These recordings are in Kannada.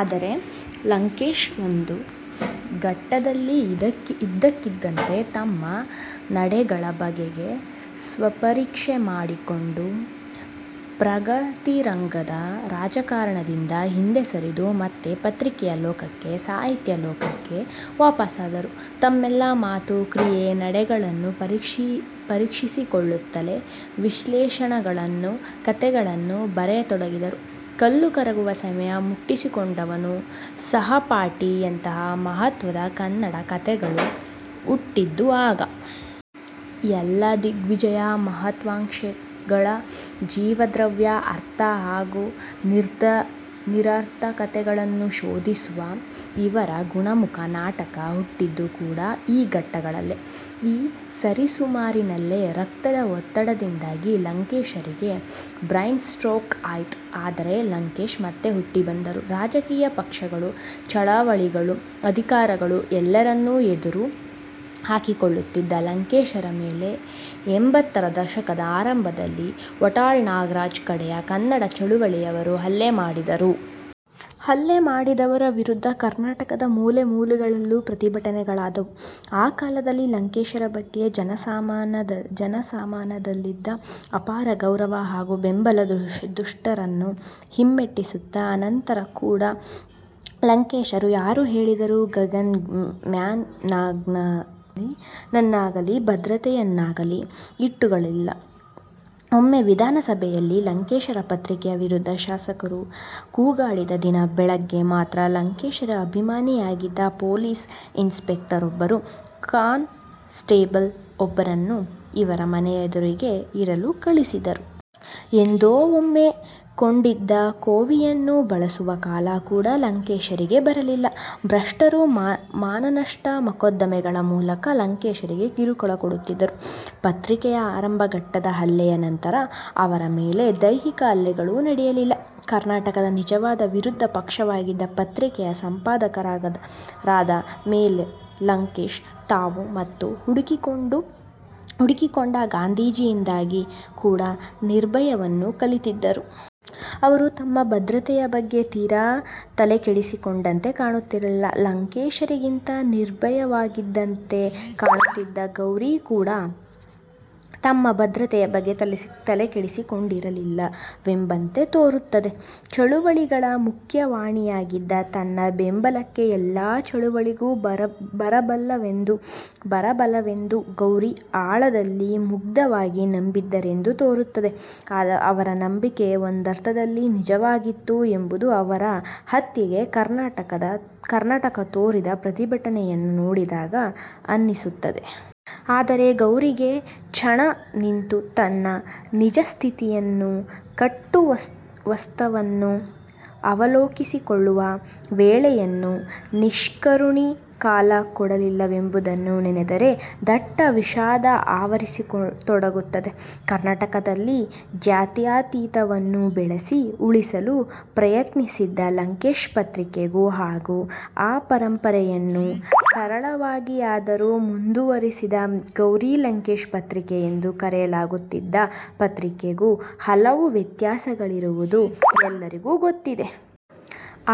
ಆದರೆ ಲಂಕೇಶ್ ಒಂದು ಘಟ್ಟದಲ್ಲಿ ಇದ್ದಕ್ಕಿದ್ದಂತೆ ತಮ್ಮ ನಡೆಗಳ ಬಗೆಗೆ ಸ್ವಪರೀಕ್ಷೆ ಮಾಡಿಕೊಂಡು, 'ಪ್ರಗತಿರಂಗ'ದ ರಾಜಕಾರಣದಿಂದ ಹಿಂದೆ ಸರಿದು ಮತ್ತೆ ಪತ್ರಿಕೆಯ ಲೋಕಕ್ಕೆ ಸಾಹಿತ್ಯ ಲೋಕಕ್ಕೆ ವಾಪಸಾದರು. ತಮ್ಮೆಲ್ಲ ಮಾತು, ಕ್ರಿಯೆ, ನಡೆಗಳನ್ನೂ ಪರೀಕ್ಷಿಸಿಕೊಳ್ಳುತ್ತಲೇ ವಿಶ್ಲೇಷಣೆಗಳನ್ನು, ಕತೆಗಳನ್ನು ಬರೆಯತೊಡಗಿದರು. 'ಕಲ್ಲು ಕರಗುವ ಸಮಯ', 'ಮುಟ್ಟಿಸಿಕೊಂಡವನು', 'ಸಹಪಾಠಿ'ಯಂಥ ಮಹತ್ವದ ಕನ್ನಡ ಕತೆಗಳು ಹುಟ್ಟಿದ್ದು ಆಗ. ಎಲ್ಲ ದಿಗ್ವಿಜಯ, ಮಹತ್ವಾಕಾಂಕ್ಷೆಗಳ ಜೀವದ್ರವ್ಯ, ಅರ್ಥ ಹಾಗೂ ನಿರರ್ಥಕತೆಗಳನ್ನು ಶೋಧಿಸುವ ಅವರ 'ಗುಣಮುಖ' ನಾಟಕ ಹುಟ್ಟಿದ್ದು ಕೂಡ ಈ ಘಟ್ಟಗಳಲ್ಲೇ. ಈ ಸರಿಸುಮಾರಿನಲ್ಲೇ ರಕ್ತದ ಒತ್ತಡದಿಂದಾಗಿ ಲಂಕೇಶರಿಗೆ ಬ್ರೈನ್ ಸ್ಟ್ರೋಕ್ ಆಯಿತು. ಆದರೆ ಲಂಕೇಶ್ ಮತ್ತೆ ಹುಟ್ಟಿ ಬಂದರು. ರಾಜಕೀಯ ಪಕ್ಷಗಳು, ಚಳವಳಿಗಳು, ಅಧಿಕಾರಿಗಳು ಎಲ್ಲರನ್ನೂ ಎದುರು ಹಾಕಿಕೊಳ್ಳುತ್ತಿದ್ದ ಲಂಕೇಶರ ಮೇಲೆ ಎಂಬತ್ತರ ದಶಕದ ಆರಂಭದಲ್ಲಿ ವಾಟಾಳ್ ನಾಗರಾಜ್ ಕಡೆಯ ಕನ್ನಡ ಚಳವಳಿಯವರು ಹಲ್ಲೆ ಮಾಡಿದ್ದರು. ಹಲ್ಲೆ ಮಾಡಿದವರ ವಿರುದ್ಧ ಕರ್ನಾಟಕದ ಮೂಲೆಮೂಲೆಗಳಲ್ಲೂ ಪ್ರತಿಭಟನೆಗಳಾದವು. ಆ ಕಾಲದಲ್ಲಿ ಲಂಕೇಶರ ಬಗ್ಗೆ ಜನಮಾನಸದಲ್ಲಿದ್ದ ಅಪಾರ ಗೌರವ ಹಾಗೂ ಬೆಂಬಲ ದುಷ್ಟರನ್ನು ಹಿಮ್ಮೆಟ್ಟಿಸಿತ್ತು. ಆನಂತರ ಕೂಡ ಲಂಕೇಶರು ಯಾರು ಹೇಳಿದರೂ ಗನ್ ಮ್ಯಾನ್ ನನ್ನಾಗಲೀ ಭದ್ರತೆಯನ್ನಾಗಲೀ ಇಟ್ಟುಕೊಳ್ಳಲಿಲ್ಲ. ಒಮ್ಮೆ ವಿಧಾನಸಭೆಯಲ್ಲಿ ಲಂಕೇಶರ ಪತ್ರಿಕೆಯ ವಿರುದ್ಧ ಶಾಸಕರು ಕೂಗಾಡಿದ ದಿನ ಬೆಳಗ್ಗೆ ಮಾತ್ರ ಲಂಕೇಶರ ಅಭಿಮಾನಿಯಾಗಿದ್ದ ಪೊಲೀಸ್ ಇನ್ ಸ್ಪೆಕ್ಟರೊಬ್ಬರು ಕಾನ್ ಸ್ಟೇಬಲ್ ಒಬ್ಬರನ್ನು ಅವರ ಮನೆಯೆದುರಿಗೆ ಇರಲು ಕಳಿಸಿದ್ದರು. ಎಂದೋ ಒಮ್ಮೆ ಕೊಂಡಿದ್ದ ಕೋವಿಯನ್ನು ಬಳಸುವ ಕಾಲ ಕೂಡ ಲಂಕೇಶರಿಗೆ ಬರಲಿಲ್ಲ. ಭ್ರಷ್ಟರು ಮಾನನಷ್ಟ ಮೊಕದ್ದಮೆಗಳ ಮೂಲಕ ಲಂಕೇಶರಿಗೆ ಕಿರುಕುಳ ಕೊಡುತ್ತಿದ್ದರೂ, ಪತ್ರಿಕೆಯ ಆರಂಭ ಘಟ್ಟದ ಹಲ್ಲೆಯ ನಂತರ ಅವರ ಮೇಲೆ ದೈಹಿಕ ಹಲ್ಲೆಗಳು ನಡೆಯಲಿಲ್ಲ. ಕರ್ನಾಟಕದ ನಿಜವಾದ ವಿರೋಧ ಪಕ್ಷವಾಗಿದ್ದ ಪತ್ರಿಕೆಯ ಸಂಪಾದಕರಾದ ಮೇಲೆ ಲಂಕೇಶ್ ತಾವು ಮತ್ತೆ ಹುಡುಕಿಕೊಂಡ ಗಾಂಧೀಜಿಯಿಂದಾಗಿ ಕೂಡ ನಿರ್ಭಯವನ್ನು ಕಲಿತಿದ್ದರು. ಅವರು ತಮ್ಮ ಭದ್ರತೆಯ ಬಗ್ಗೆ ತೀರಾ ತಲೆ ಕೆಡಿಸಿಕೊಂಡಂತೆ ಕಾಣುತ್ತಿರಲಿಲ್ಲ. ಲಂಕೇಶರಿಗಿಂತ ನಿರ್ಭಯವಾಗಿದ್ದಂತೆ ಕಾಣುತ್ತಿದ್ದ ಗೌರಿ ಕೂಡ ತಮ್ಮ ಭದ್ರತೆಯ ಬಗ್ಗೆ ತಲೆಕೆಡಿಸಿಕೊಂಡಿರಲಿಲ್ಲವೆಂಬಂತೆ ತೋರುತ್ತದೆ. ಚಳವಳಿಗಳ ಮುಖವಾಣಿಯಾಗಿದ್ದ ತನ್ನ ಬೆಂಬಲಕ್ಕೆ ಎಲ್ಲ ಚಳವಳಿಗಳೂ ಬರಬಲ್ಲವೆಂದು ಗೌರಿ ಆಳದಲ್ಲಿ ಮುಗ್ಧವಾಗಿ ನಂಬಿದ್ದರೆಂದು ತೋರುತ್ತದೆ. ಅವರ ನಂಬಿಕೆ ಒಂದರ್ಥದಲ್ಲಿ ನಿಜವಾಗಿತ್ತು ಎಂಬುದು ಅವರ ಹತ್ಯೆಗೆ ಕರ್ನಾಟಕ ತೋರಿದ ಪ್ರತಿಭಟನೆಯನ್ನು ನೋಡಿದಾಗ ಅನ್ನಿಸುತ್ತದೆ. ಆದರೆ ಗೌರಿಗೆ ಚಣ ನಿಂತು ತನ್ನ ನಿಜಸ್ಥಿತಿಯನ್ನು, ಕಟು ವಾಸ್ತವವನ್ನು ಅವಲೋಕಿಸಿಕೊಳ್ಳುವ ವೇಳೆಯನ್ನೂ ನಿಷ್ಕರುಣಿ ಕಾಲ ಕೊಡಲಿಲ್ಲವೆಂಬುದನ್ನು ನೆನೆದರೆ ದಟ್ಟ ವಿಷಾದ ಆವರಿಸತೊಡಗುತ್ತದೆ. ಕರ್ನಾಟಕದಲ್ಲಿ ಜಾತ್ಯತೀತವನ್ನು ಬೆಳೆಸಿ, ಉಳಿಸಲು ಪ್ರಯತ್ನಿಸಿದ 'ಲಂಕೇಶ್ ಪತ್ರಿಕೆ'ಗೂ ಹಾಗೂ ಆ ಪರಂಪರೆಯನ್ನು ಸರಳವಾಗಿಯಾದರೂ ಮುಂದುವರಿಸಿದ, 'ಗೌರಿ ಲಂಕೇಶ್ ಪತ್ರಿಕೆ' ಎಂದು ಕರೆಯಲಾಗುತ್ತಿದ್ದ ಪತ್ರಿಕೆಗೂ ಹಲವು ವ್ಯತ್ಯಾಸಗಳಿರುವುದು ಎಲ್ಲರಿಗೂ ಗೊತ್ತಿದೆ.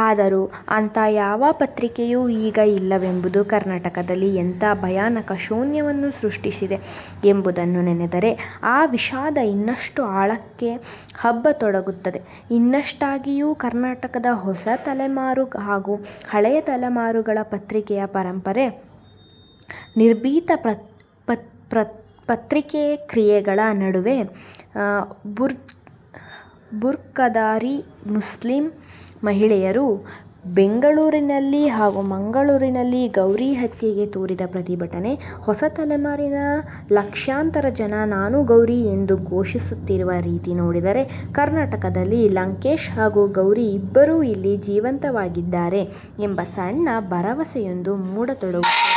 ಆದರೂ ಅಂಥ ಯಾವ ಪತ್ರಿಕೆಯೂ ಈಗ ಇಲ್ಲವೆಂಬುದು ಕರ್ನಾಟಕದಲ್ಲಿ ಎಂಥ ಭಯಾನಕ ಶೂನ್ಯವನ್ನು ಸೃಷ್ಟಿಸಿದೆ ಎಂಬುದನ್ನು ನೆನೆದರೆ ಆ ವಿಷಾದ ಇನ್ನಷ್ಟು ಆಳಕ್ಕೆ ಹಬ್ಬತೊಡಗುತ್ತದೆ. ಇಷ್ಟಾಗಿಯೂ, ಕರ್ನಾಟಕದ ಹೊಸ ತಲೆಮಾರು ಹಾಗೂ ಹಳೆಯ ತಲೆಮಾರುಗಳ ಪ್ರಗತಿಪರರ ನಿರ್ಭೀತ ಪ್ರತಿಕ್ರಿಯೆಗಳ ನಡುವೆ ಬುರ್ಖಾಧಾರಿ ಮುಸ್ಲಿಂ ಮಹಿಳೆಯರು ಬೆಂಗಳೂರಿನಲ್ಲಿ ಹಾಗೂ ಮಂಗಳೂರಿನಲ್ಲಿ ಗೌರಿ ಹತ್ಯೆಗೆ ತೋರಿದ ಪ್ರತಿಭಟನೆ, ಹೊಸ ತಲೆಮಾರಿನ ಲಕ್ಷಾಂತರ ಜನ 'ನಾನು ಗೌರಿ' ಎಂದು ಘೋಷಿಸುತ್ತಿರುವ ರೀತಿ ನೋಡಿದರೆ ಕರ್ನಾಟಕದಲ್ಲಿ ಲಂಕೇಶ್ ಹಾಗೂ ಗೌರಿ ಇಬ್ಬರೂ ಇಲ್ಲಿ ಜೀವಂತವಾಗಿದ್ದಾರೆ ಎಂಬ ಸಣ್ಣ ಭರವಸೆಯೊಂದು ಮೂಡತೊಡಗುತ್ತದೆ.